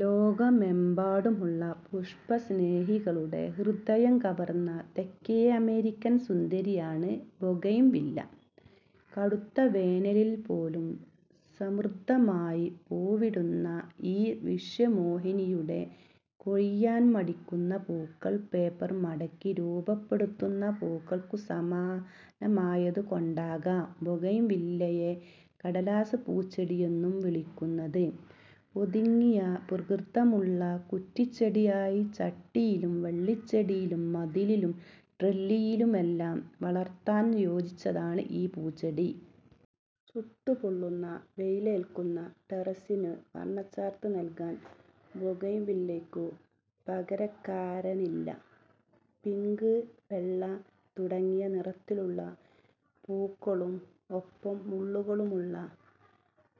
ലോകമെമ്പാടുമുള്ള പുഷ്പസ്നേഹികളുടെ ഹൃദയം കവർന്ന തെക്കേ അമേരിക്കൻ സുന്ദരിയാണ് ബൊഗെയ്ൻവില്ല. കടുത്ത വേനലിൽപോലും സമൃദ്ധമായി പൂവിടുന്ന ഈ വിശ്വമോഹിനിയുടെ കൊഴിയാൻ മടിക്കുന്ന പൂക്കൾ പേപ്പർ മടക്കി രൂപപ്പെടുത്തുന്ന പൂക്കൾക്കു സമാനമായതുകൊണ്ടാകാം ബൊഗെയ്ൻവില്ലയെ കടലാസുപൂച്ചെടിയെന്നും വിളിക്കുന്നത്. ഒതുങ്ങിയ പ്രകൃതമുള്ള കുറ്റിച്ചെടിയായി ചട്ടിയിലും വള്ളിച്ചെടിയായി മതിലിലും ട്രെല്ലിയിലുമെല്ലാം വളർത്താൻ യോജിച്ചതാണ് ഈ പൂച്ചെടി. ചുട്ടുപൊള്ളുന്ന വെയിലേൽക്കുന്ന ടെറസ്സിനു വർണച്ചാർത്ത് നൽകാൻ ബൊഗെയ്ൻവില്ലയ്ക്കു പകരക്കാരനില്ല. പിങ്ക് വെള്ള തുടങ്ങിയ നിറത്തിലുള്ള പൂക്കളും ഒപ്പം മുള്ളുകളുമുള്ള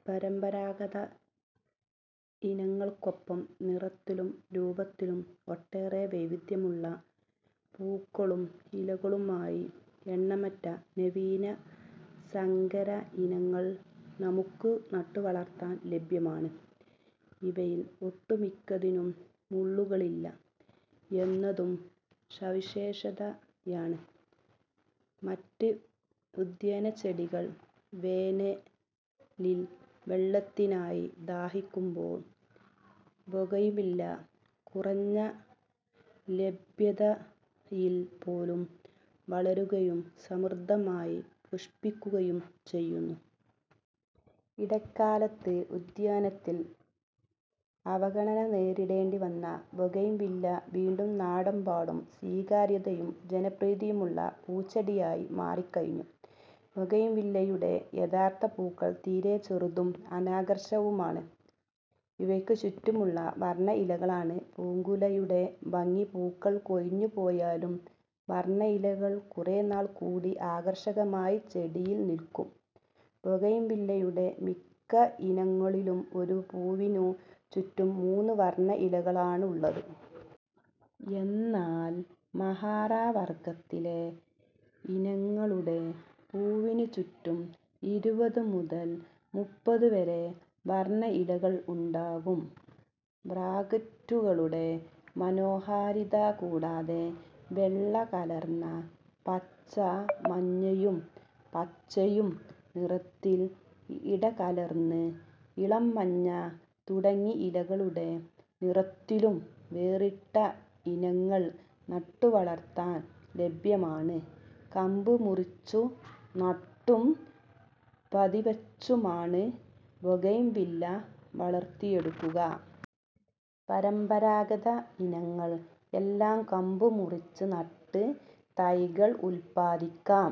പരമ്പരാഗതയിനങ്ങൾക്കൊപ്പം നിറത്തിലും രൂപത്തിലും ഒട്ടേറെ വൈവിധ്യമുള്ള പൂക്കളും ഇലകളുമായി എണ്ണമറ്റ നവീന സങ്കരയിനങ്ങൾ നമുക്കു നട്ടുവളർത്താൻ ലഭ്യമാണ്. ഇവയിൽ ഒട്ടുമിക്കതിനും മുള്ളുകളില്ല എന്നതും സവിശേഷതയാണ്. മറ്റ് ഉദ്യാനച്ചെടികൾ വേനലിൽ വെള്ളത്തിനായി ദാഹിക്കുമ്പോൾ ബൊഗെയ്ൻവില്ല കുറഞ്ഞ ജലലഭ്യതയിൽപോലും വളരുകയും സമൃദ്ധമായി പുഷ്പിക്കുകയും ചെയ്യുന്നു. ഇടക്കാലത്ത് ഉദ്യാനത്തിൽ അവഗണന നേരിടേണ്ടിവന്ന ബൊഗെയ്ൻവില്ല വീണ്ടും നാടെമ്പാടും സ്വീകാര്യതയും ജനപ്രീതിയുമുള്ള പൂച്ചെടിയായി മാറിക്കഴിഞ്ഞു. ബൊഗെയ്ൻവില്ലയുടെ യഥാർഥ പൂക്കൾ തീരെ ചെറുതും അനാകർഷകവുമാണ്. ഇവയ്ക്കു ചുറ്റുമുള്ള വർണ ഇലകളാണ് പൂങ്കുലയുടെ ഭംഗി. പൂക്കൾ കൊഴിഞ്ഞുപോയാലും വർണ ഇലകൾ കുറേനാൾ കൂടി ആകർഷകമായി ചെടിയിൽ നിൽക്കും. ബൊഗെയ്ൻവില്ലയുടെ മിക്കയിനങ്ങളിലും ഒരു പൂവിനു ചുറ്റും മൂന്ന് വർണ ഇലകളാണുള്ളത്. എന്നാൽ മഹാറാ വർഗത്തിലെ ഇനങ്ങളുടെ പൂവിനു ചുറ്റും ഇരുപത് മുതൽ മുപ്പത് വരെ വർണ ഇലകൾ ഉണ്ടാകും. ബ്രാക്റ്റുകളുടെ മനോഹാരിത കൂടാതെ വെള്ളകലർന്ന പച്ച മഞ്ഞയും പച്ചയും നിറത്തിൽ ഇടകലർന്നത് ഇളം മഞ്ഞ തുടങ്ങി ഇലകളുടെ നിറത്തിലും വേറിട്ട ഇനങ്ങൾ നട്ടുവളർത്താൻ ലഭ്യമാണ്. കമ്പ് മുറിച്ചു നട്ടും പതിവച്ചുമാണ് ബൊഗെയ്ൻവില്ല വളർത്തിയെടുക്കുക. പരമ്പരാഗത ഇനങ്ങൾ എല്ലാം കമ്പുമുറിച്ച് നട്ട് തൈകൾ ഉൽപാദിക്കാം.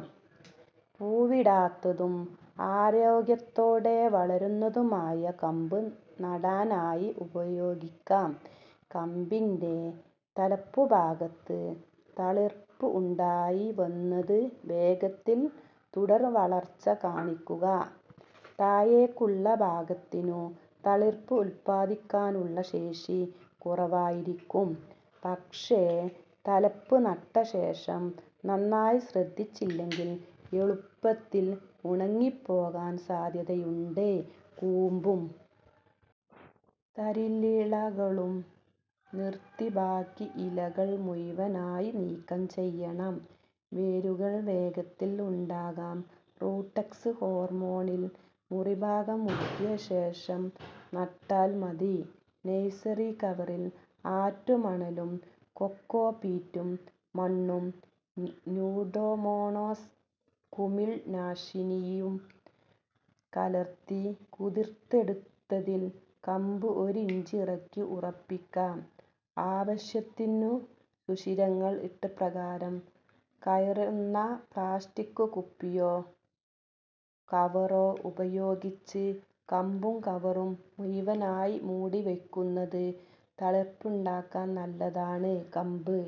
പൂവിടാത്തതും ആരോഗ്യത്തോടെ വളരുന്നതുമായ കമ്പ് നടാനായി ഉപയോഗിക്കാം. കമ്പിന്റെ തലപ്പുഭാഗമാണ് തളിർപ്പ് ഉണ്ടായിവന്ന് വേഗത്തിൽ തുടർവളർച്ച കാണിക്കുക. താഴേക്കുള്ള ഭാഗത്തിനു തളിർപ്പ് ഉൽപാദിപ്പിക്കാനുള്ള ശേഷി കുറവായിരിക്കും. പക്ഷേ തലപ്പ് നട്ടശേഷം നന്നായി ശ്രദ്ധിച്ചില്ലെങ്കിൽ എളുപ്പത്തിൽ ഉണങ്ങിപ്പോകാൻ സാധ്യതയുണ്ട്. കൂമ്പും തളിരിലകളും നിർത്തി ബാക്കി ഇലകൾ മുഴുവനായി നീക്കം ചെയ്യണം. വേരുകൾ വേഗത്തിൽ ഉണ്ടാകാൻ റൂട്ടെക്സ് ഹോർമോണിൽ മുറിഭാഗം മുക്കിയശേഷം നട്ടാൽ മതി. നഴ്സറി കവറിൽ ആറ്റുമണലും കൊക്കോപീറ്റും മണ്ണും സ്യൂഡോമോണാസ് കുമിൾനാശിനിയും കലർത്തി കുതിർത്തെടുത്തതിൽ കമ്പ് ഒരിഞ്ച് ഇറക്കി ഉറപ്പിക്കാം. ആവശ്യത്തിനു സുഷിരങ്ങൾ ഇട്ട് പ്രകാശം കയറുന്ന പ്ലാസ്റ്റിക് കുപ്പിയോ കവറോ ഉപയോഗിച്ച് കമ്പും കവറും മുഴുവനായി മൂടിവയ്ക്കുന്നത് തളിർപ്പുണ്ടാകാൻ നല്ലതാണ്. കമ്പ്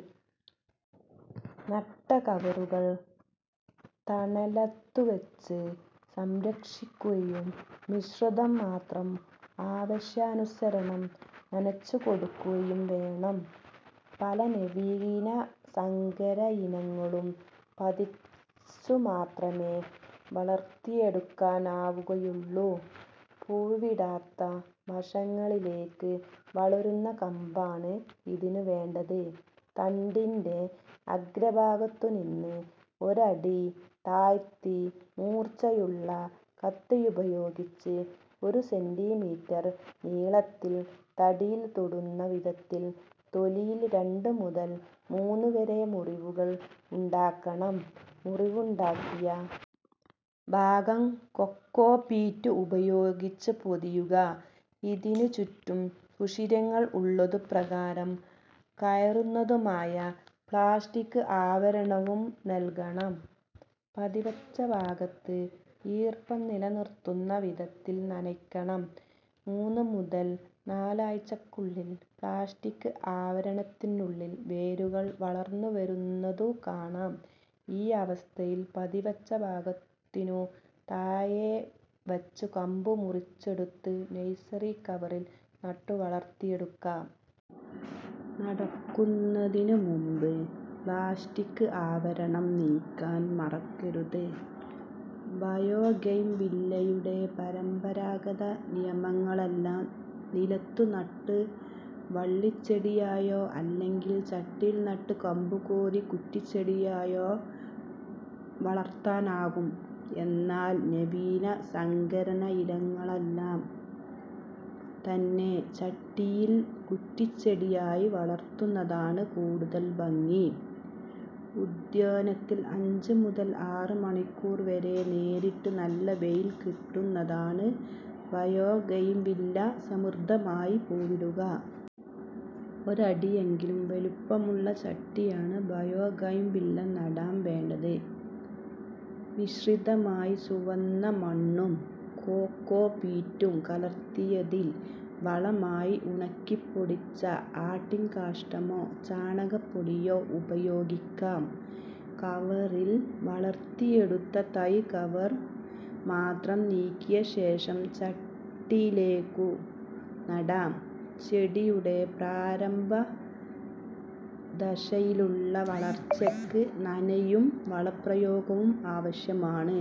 നട്ട കവറുകൾ തണലത്തുവച്ച് സംരക്ഷിക്കുകയും മിശ്രിതം മാത്രം ആവശ്യാനുസരണം നനച്ചുകൊടുക്കുകയും വേണം. പല നവീന സങ്കരയിനങ്ങളും പതിവച്ചുമാത്രമേ വളർത്തിയെടുക്കാനാവുകയുള്ളൂ. പൂവിടാത്ത വശങ്ങളിലേക്കു വളരുന്ന കമ്പാണ് ഇതിനു വേണ്ടത്. തണ്ടിന്റെ അഗ്രഭാഗത്തുനിന്ന് ഒരടി താഴ്ത്തി മൂർച്ചയുള്ള കത്തിയുപയോഗിച്ച് ഒരു സെന്റിമീറ്റർ നീളത്തിൽ തടിയിൽ തൊടുന്ന വിധത്തിൽ തൊലിയിൽ രണ്ട് മുതൽ മൂന്ന് വരെ മുറിവുകൾ ഉണ്ടാക്കണം. മുറിവുണ്ടാക്കിയ ഭാഗം കൊക്കോപീറ്റ് ഉപയോഗിച്ചു പൊതിയുക. ഇതിനു ചുറ്റും സുഷിരങ്ങൾ ഉള്ളതും പ്രകാശം കയറുന്നതുമായ പ്ലാസ്റ്റിക് ആവരണവും നൽകണം. പതിവച്ച ഭാഗത്ത് ഈർപ്പം നിലനിർത്തുന്ന വിധത്തിൽ നനയ്ക്കണം. മൂന്ന് മുതൽ നാല് ആഴ്ചയ്ക്കുള്ളിൽ പ്ലാസ്റ്റിക് ആവരണത്തിനുള്ളിൽ വേരുകൾ വളർന്നുവരുന്നതു കാണാം. ഈയവസ്ഥയിൽ പതിവച്ച ഭാഗത്തിനു താഴെവച്ച് കമ്പു മുറിച്ചെടുത്ത് നഴ്സറി കവറിൽ നട്ടു വളർത്തിയെടുക്കാം. നടുന്നതിനു മുൻപ് പ്ലാസ്റ്റിക് ആവരണം നീക്കാൻ മറക്കരുത്. ബൊഗെയ്ൻവില്ലയുടെ പരമ്പരാഗതയിനങ്ങളെല്ലാം നിലത്തു നട്ട് വള്ളിച്ചെടിയായോ അല്ലെങ്കിൽ ചട്ടിയിൽ നട്ട് കമ്പുകോതി കുറ്റിച്ചെടിയായോ വളർത്താനാകും. എന്നാൽ നവീന സങ്കരയിനങ്ങളെല്ലാം തന്നെ ചട്ടിയിൽ കുറ്റിച്ചെടിയായി വളർത്തുന്നതാണ് കൂടുതൽ ഭംഗി. ഉദ്യാനത്തിൽ അഞ്ച് മുതൽ ആറ് മണിക്കൂർ വരെ നേരിട്ട് നല്ല വെയിൽ കിട്ടുന്നിടത്താണ് ബൊഗെയ്ൻവില്ല സമൃദ്ധമായി പൂവിടുക. ഒരടിയെങ്കിലും വലുപ്പമുള്ള ചട്ടിയാണ് ബൊഗെയ്ൻവില്ല നടാൻ വേണ്ടത്. മിശ്രിതമായി ചുവന്ന മണ്ണും കൊക്കോപീറ്റും കലർത്തിയതിൽ വളമായി ഉണക്കിപ്പൊടിച്ച ആട്ടിൻകാഷ്ഠമോ ചാണകപ്പൊടിയോ ഉപയോഗിക്കാം. കവറിൽ വളർത്തിയെടുത്ത തൈ കവർ മാത്രം നീക്കിയശേഷം ചട്ടിയിലേക്കു നടാം. ചെടിയുടെ പ്രാരംഭദശയിലുള്ള വളർച്ചയ്ക്ക് നനയും വളപ്രയോഗവും ആവശ്യമാണ്.